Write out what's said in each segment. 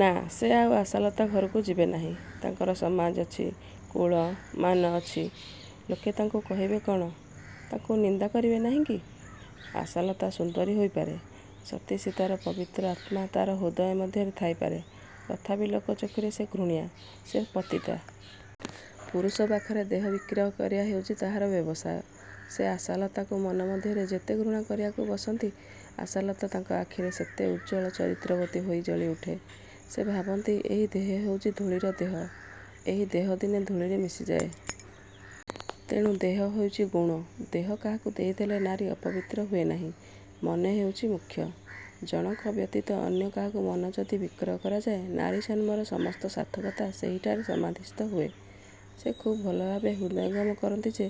ନା, ସେ ଆଉ ଆଶାଲତା ଘରକୁ ଯିବେନାହିଁ। ତାଙ୍କର ସମାଜ ଅଛି, କୁଳ, ମାନ ଅଛି-। ଲୋକେ ତାଙ୍କୁ କହିବେ କ'ଣ? ତାଙ୍କୁ ନିନ୍ଦା କରିବେ ନାହିଁକି? ଆଶାଲତା ସୁନ୍ଦରୀ ହୋଇପାରେ। ସତୀ ସୀତାର ପବିତ୍ର ଆତ୍ମା ତାହାର ହୃଦୟ ମଧ୍ୟରେ ଥାଇପାରେ। ତଥାପି ଲୋକ ଚକ୍ଷୁରେ ସେ ଘୃଣ୍ୟା, ସେ ପତିତା। ପୁରୁଷ ପାଖରେ ଦେହ ବିକ୍ରୟ କରିବା ହେଉଛି ତାହାର ବ୍ୟବସାୟ। ସେ ଆଶାଲତାକୁ ମନ ମଧ୍ୟରେ ଯେତେ ଘୃଣା କରିବାକୁ ବସନ୍ତି ଆଶାଲତା ତାଙ୍କ ଆଖିରେ ସେତେ ଉଜ୍ଜ୍ୱଳ ଚରିତ୍ରବତୀ ହୋଇ ଜଳିଉଠେ। ସେ ଭାବନ୍ତି ଏହି ଦେହ ହେଉଛି ଧୂଳିର ଦେହ। ଏହି ଦେହ ଦିନେ ଧୂଳିରେ ମିଶିଯାଏ-। ତେଣୁ ଦେହ ହେଉଛି ଗୌଣ। ଦେହ କାହାକୁ ଦେଇଦେଲେ ନାରୀ ଅପବିତ୍ର ହୁଏ ନାହିଁ, ମନ ହେଉଛି ମୁଖ୍ୟ। ଜଣକ ବ୍ୟତୀତ ଅନ୍ୟ କାହାକୁ ମନ ଯଦି ବିକ୍ରୟ କରାଯାଏ ନାରୀ ଜନ୍ମର ସମସ୍ତ ସାର୍ଥକତା ସେହିଠାରେ ସମାଧିସ୍ଥ ହୁଏ। ସେ ଖୁବ୍ ଭଲଭାବେ ହୃଦୟଙ୍ଗମ କରନ୍ତି ଯେ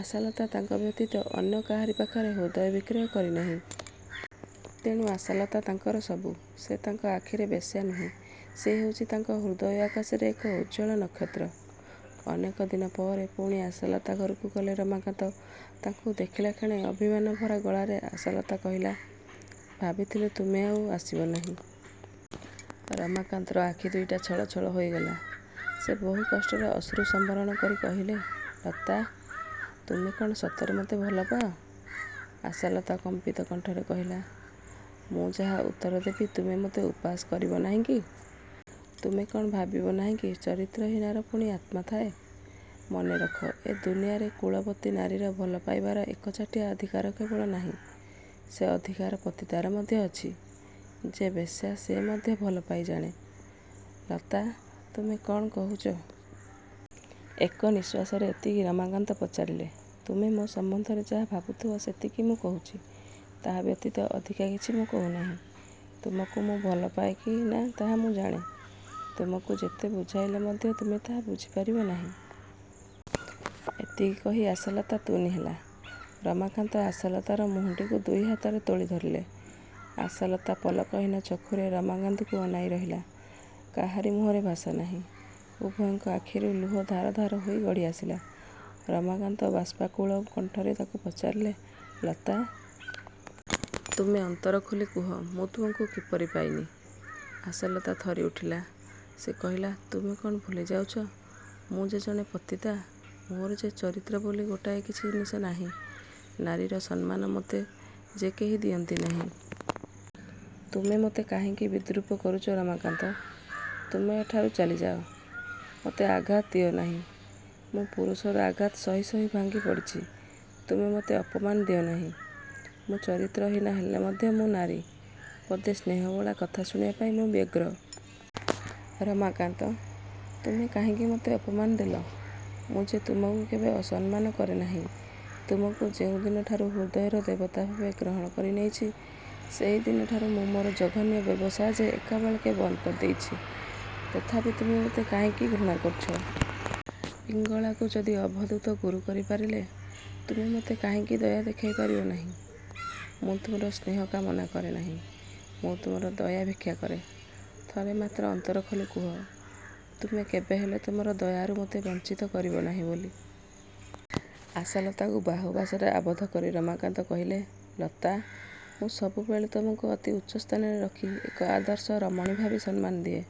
ଆଶାଲତା ତାଙ୍କ ବ୍ୟତୀତ ଅନ୍ୟ କାହାରି ପାଖରେ ହୃଦୟ ବିକ୍ରୟ କରିନାହିଁ। ତେଣୁ ଆଶାଲତା ତାଙ୍କର ସବୁ-। ସେ ତାଙ୍କ ଆଖିରେ ବେଶ୍ୟା ନୁହେଁ। ସେ ହେଉଛି ତାଙ୍କ ହୃଦୟ ଆକାଶରେ ଏକ ଉଜ୍ଜ୍ୱଳ ନକ୍ଷତ୍ର-। ଅନେକ ଦିନପରେ ପୁଣି ଆଶାଲତା ଘରକୁ ଗଲେ ରମାକାନ୍ତ। ତାଙ୍କୁ ଦେଖିଲାକ୍ଷଣି ଅଭିମାନଭରା ଗଳାରେ ଆଶାଲତା କହିଲା, ''ଭାବିଥିଲି ତୁମେ ଆଉ ଆସିବ ନାହିଁ। '' ରମାକାନ୍ତର ଆଖି ଦୁଇଟା ଛଳଛଳ ହୋଇଗଲା। ସେ ବହୁ କଷ୍ଟରେ ଅଶ୍ରୁ ସମ୍ବରଣ କରି କହିଲେ, ''ଲତା! ତୁମେ କ'ଣ ସତରେ ମୋତେ ଭଲପାଅ? '' ଆଶାଲତା କମ୍ପିତ କଣ୍ଠରେ କହିଲା, ''ମୁଁ ଯାହା ଉତ୍ତର ଦେବି ତୁମେ ମୋତେ ଉପହାସ କରିବ ନାହିଁକି? ତୁମେ କ'ଣ ଭାବିବ ନାହିଁକି ଚରିତ୍ରହୀନାର ପୁଣି ଆତ୍ମା ଥାଏ? ମନେରଖ, ଏ ଦୁନିଆରେ କୁଳବତୀ ନାରୀର ଭଲ ପାଇବାର ଏକଚାଟିଆ ଅଧିକାର କେବଳ ନାହିଁ। ସେ ଅଧିକାର ପତିତାର ମଧ୍ୟ ଅଛି। ଯେ ବେଶ୍ୟା ସେ ମଧ୍ୟ ଭଲପାଇ ଜାଣେ। '' ''ଲତା! ତୁମେ କ'ଣ କହୁଛ? '' ଏକ ନିଶ୍ୱାସରେ ଏତିକି ରମାକାନ୍ତ ପଚାରିଲେ। ''ତୁମେ ମୋ ସମ୍ବନ୍ଧରେ ଯାହା ଭାବୁଥିବ ସେତିକି ମୁଁ କହୁଛି। ତାହା ବ୍ୟତୀତ ଅଧିକା କିଛି ମୁଁ କହୁନାହିଁ। ତୁମକୁ ମୁଁ ଭଲପାଏ କି ନା ତାହା ମୁଁ ଜାଣେ। ତୁମକୁ ଯେତେ ବୁଝାଇଲେ ମଧ୍ୟ ତୁମେ ତାହା ବୁଝିପାରିବ ନାହିଁ। ଏତିକି କହି ଆଶାଲତା ତୁନି ହେଲା। ରମାକାନ୍ତ ଆଶାଲତାର ମୁହଁଟିକୁ ଦୁଇହାତରେ ତୋଳି ଧରିଲେ। ଆଶାଲତା ପଲକହୀନ ଚକ୍ଷୁରେ ରମାକାନ୍ତକୁ ଅନାଇ ରହିଲା। କାହାରି ମୁହଁରେ ଭାଷା ନାହିଁ। ଉଭୟଙ୍କ ଆଖିରୁ ଲୁହ ଧାର ଧାର ହୋଇ ଗଡ଼ିଆସିଲା। ରମାକାନ୍ତ ବାଷ୍ପାକୁଳ କଣ୍ଠରେ ତାକୁ ପଚାରିଲେ, ''ଲତା! ତୁମେ ଅନ୍ତର ଖୋଲି କୁହ ମୁଁ ତୁମକୁ କିପରି ପାଇନି? '' ଆଶାଲତା ଥରିଉଠିଲା। ସେ କହିଲା, ''ତୁମେ କ'ଣ ଭୁଲିଯାଉଛ, ମୁଁ ଯେ ଜଣେ ପତିତା। ମୋର ଯେ ଚରିତ୍ର ବୋଲି ଗୋଟାଏ କିଛି ଜିନିଷ ନାହିଁ। ନାରୀର ସମ୍ମାନ ମୋତେ। ଯେ କେହି ଦିଅନ୍ତି ନାହିଁ। ତୁମେ ମୋତେ କାହିଁକି ବିଦ୍ରୂପ କରୁଛ ରମାକାନ୍ତ? ତୁମେ ଏଠାରୁ ଚାଲିଯାଅ-। ମୋତେ ଆଘାତ ଦିଅନାହିଁ। ମୁଁ ପୁରୁଷର ଆଘାତ ସହି ସହି ଭାଙ୍ଗିପଡ଼ିଛି। ତୁମେ ମୋତେ ଅପମାନ ଦିଅନାହିଁ। ମୁଁ ଚରିତ୍ରହୀନା ହେଲେ ମଧ୍ୟ ମୁଁ ନାରୀ। ପଦେ ସ୍ନେହବୋଳା କଥା ଶୁଣିବା ପାଇଁ ମୁଁ ବ୍ୟଗ୍ର। ରମାକାନ୍ତ! ତୁମେ କାହିଁକି ମୋତେ ଅପମାନ ଦେଲ? ମୁଁ ଯେ ତୁମକୁ କେବେ ଅସମ୍ମାନ କରେ ନାହିଁ। ତୁମକୁ ଯେଉଁ ଦିନଠାରୁ ହୃଦୟର ଦେବତା ଭାବେ ଗ୍ରହଣ କରିନେଇଛି ସେହିଦିନଠାରୁ ମୁଁ ମୋର ଜଘନ୍ୟ ବ୍ୟବସାୟ ଯେ ଏକାବେଳକେ ବନ୍ଦ କରିଦେଇଛି। ତଥାପି ତୁମେ ମୋତେ କାହିଁକି ଘୃଣା କରୁଛ? ପିଙ୍ଗଳାକୁ ଯଦି ଅବଧୂତ ଗୁରୁ କରିପାରିଲେ, ତୁମେ ମୋତେ କାହିଁକି ଦୟା ଦେଖାଇପାରିବ ନାହିଁ? ମୁଁ ତୁମର ସ୍ନେହ କାମନା କରେ ନାହିଁ। ମୁଁ ତୁମର ଦୟା ଭିକ୍ଷା କରେ। ଥରେ ମାତ୍ର ଅନ୍ତରଖୋଲି କୁହ, ତୁମେ କେବେହେଲେ ତୁମର ଦୟାରୁ ମୋତେ ବଞ୍ଚିତ କରିବ ନାହିଁ ବୋଲି। ଆଶାଲତାକୁ ବାହୁପାଶରେ ଆବଦ୍ଧକରି ରମାକାନ୍ତ କହିଲେ, ''ଲତା! ମୁଁ ସବୁବେଳେ ତୁମକୁ ଅତି ଉଚ୍ଚ ସ୍ଥାନରେ ରଖି ଏକ ଆଦର୍ଶ ରମଣୀ ଭାବି ସମ୍ମାନ ଦିଏ।